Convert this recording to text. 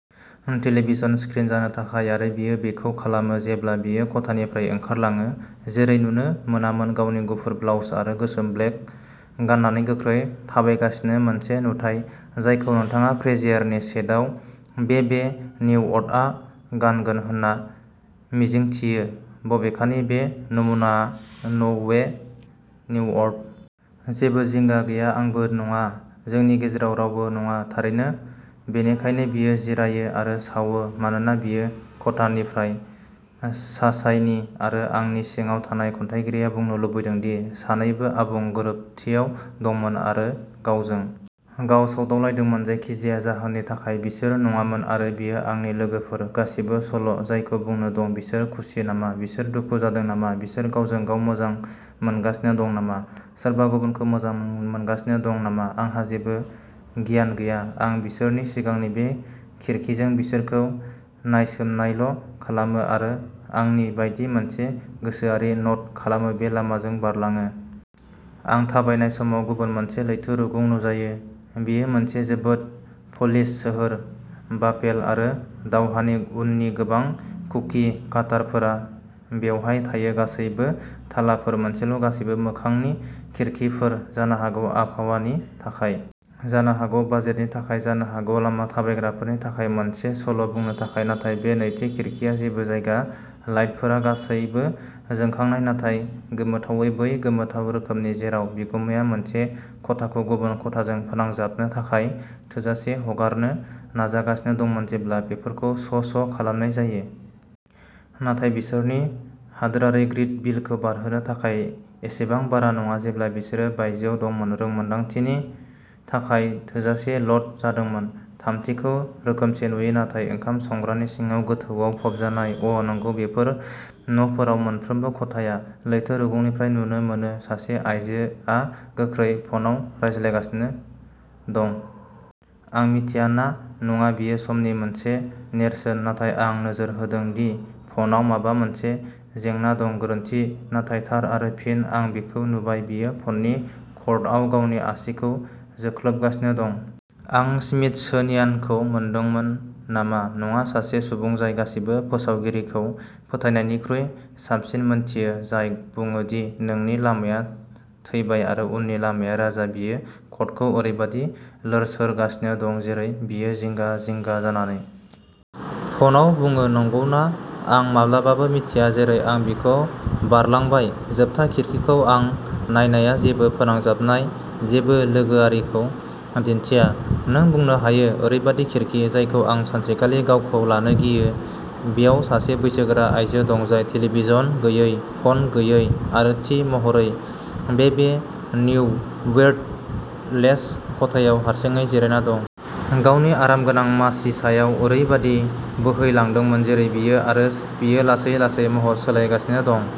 Television screen जानो थाखाय आरो बियो बेखौ खालामो जेब्ला बियो खथानिफ्राय ओंखारलाङो जेरै नुनो मोनामोन गावनि गुफुर ब्लाउज आरो गोसोम स्लेक गाननानै गोख्रै थाबायगासिनो मोनसे नुथाइ जायखौ नोंथाङा फ्रेजियार नि सेटआव बेबे न्युवर्थआ गानगोन होनना मिजिंथियो बबेखानि बे नमुनाआ न' बे न्युवर्थ। जेबो जिंगा गैया आंबो नङा। जोंनि गेजेराव रावबो नङा थारैनो। बेनिखायनो बियो जिरायो आरो सावो मानोना बियो खथानिफ्राय साशायनि आरो आंनि सिङाव थानाय खन्थाइगिरिया बुंनो लुबैदों दि सानैबो आबुं गोरोबथियाव दंमोन आरो गावजों -- गाव सौलायदोंमोन जायखिजाया जाहोननि थाखाय बिसोर नङामोन आरो बेयो आंनि लोगोफोर गासिबो सल'जायखौ बुंनो दं बिसोर खुसि नामा बिसोर दुखु जादों नामा बिसोर गावजों गाव मोजां मोनगासिनो दं नामा सोरबा गुबुनखौ मोजां मोनगासिनो दं नामा आंहा जेबो गियान गैया आं बिसोरनि सिगांनि बे खिरखिजों बिसोरखौ नायसोमनायल' खालामो आरो आंनि बायदि मोनसे गोसोआरि न'ट खालामो बे लामाजों बारलाङो। आं थाबायनाय समाव गुबुन मोनसे लैथो रुगुं नुजायो बेयो मोनसे जोबोद प'लिश सोहोर बाफेल' आरो दावहानि उननि गोबां कुकि काटार फोरा बेवहाय थायो गासैबो थालाफोर मोनसेल गासैबो मोखांनि खिरखिफोर। जानो हागौ आबहावानि थाखाय। जानो हागौ बाजेटनि थाखाय जानो हागौ लामा थाबायग्राफोरनि थाखाय मोनसे सल' बुंनो थाखाय नाथाय बे नैथि खिरखिआ जेबो जगाया लाइटफोरा गासैबो जोंखांनाय नाथाय गोमोथावै बै गोमोथाव रोखोमनि जेराव बिगुमाया मोनसे खथाखौ गुबुन खथाजों फोनांजाबनो थाखाय थोजासे हगारनो नाजागासिनो दंमोन जेब्ला बेफोरखौ स स खालामनाय जायो। नाथाय बिसोरनि हादोरारि ग्रिड बिलखौ बारहोनो थाखाय एसेबां बारा नङा जेब्ला बिसोरो बायजोआव दंमोन रोंमोन्दांथिनि थाखाय थोजासे ल'ड जादोंमोन। थामथिखौ रोखोमसे नुयो नाथाय ओंखाम संग्रानि सिङाव गोथौआव फबजानाय अ नंगौ बेफोर न'फोराव मोनफ्रोमबो खथाया लैथो रुगुंनिफ्राय नुनो मोनो सासे आयजोआ गोख्रै फनआव रायज्लायगासिनो दं। आं मिथिया ना नङा बेयो समनि मोनसे नेरसोन नाथाय आं नोजोर होदों दि फनाव माबा मोनसे जेंना दं गोरोन्थि नाथाय थार आरो फिन आं बेखौ नुबाय बियो फननि कर्डआव गावनि आसिखौ जोख्लोबगासिनो दं। आं स्मिथसोनियानखौ मोनदोंमोन नामा नङा सासे सुबुं जाय गासिबो फोसावगिरिखौ फोथायनायनिख्रुइ साबसिन मोनथियो जाय बुङो दि नोंनि लामाया थैबाय आरो उननि लामाया राजा बियो कर्डखौ ओरैबायदि लोरसोरगासिनो दं जेरै बियो जिंगा जिंगा जानानै -- फनाव बुङो नंगौना आं माब्लाबाबो मिन्थिया जेरै आं बिखौ बारलांबाय जोबथा खिरखिखौ आं नायनाया जेबो फोनांजाबनाय जेबो लोगोआरिखौ दिन्थिया नों बुंनो हायो ओरैबायदि खिरखि जायखौ आं सानसेखालि गावखौ लानो गियो बेयाव सासे बैसोगोरा आइजो दं जाय टेलिभिजन गैयै फन गैयै आरो थि महरै बेबे निउविर्थलेस खथायाव हारसिङै जिरायना दं। गावनि आरामगोनां मासि सायाव ओरैबायदि बोहैलांदोंमोन जेरै बियो आरो बेयो लासै-लासै महर सोलायगासिनो दं।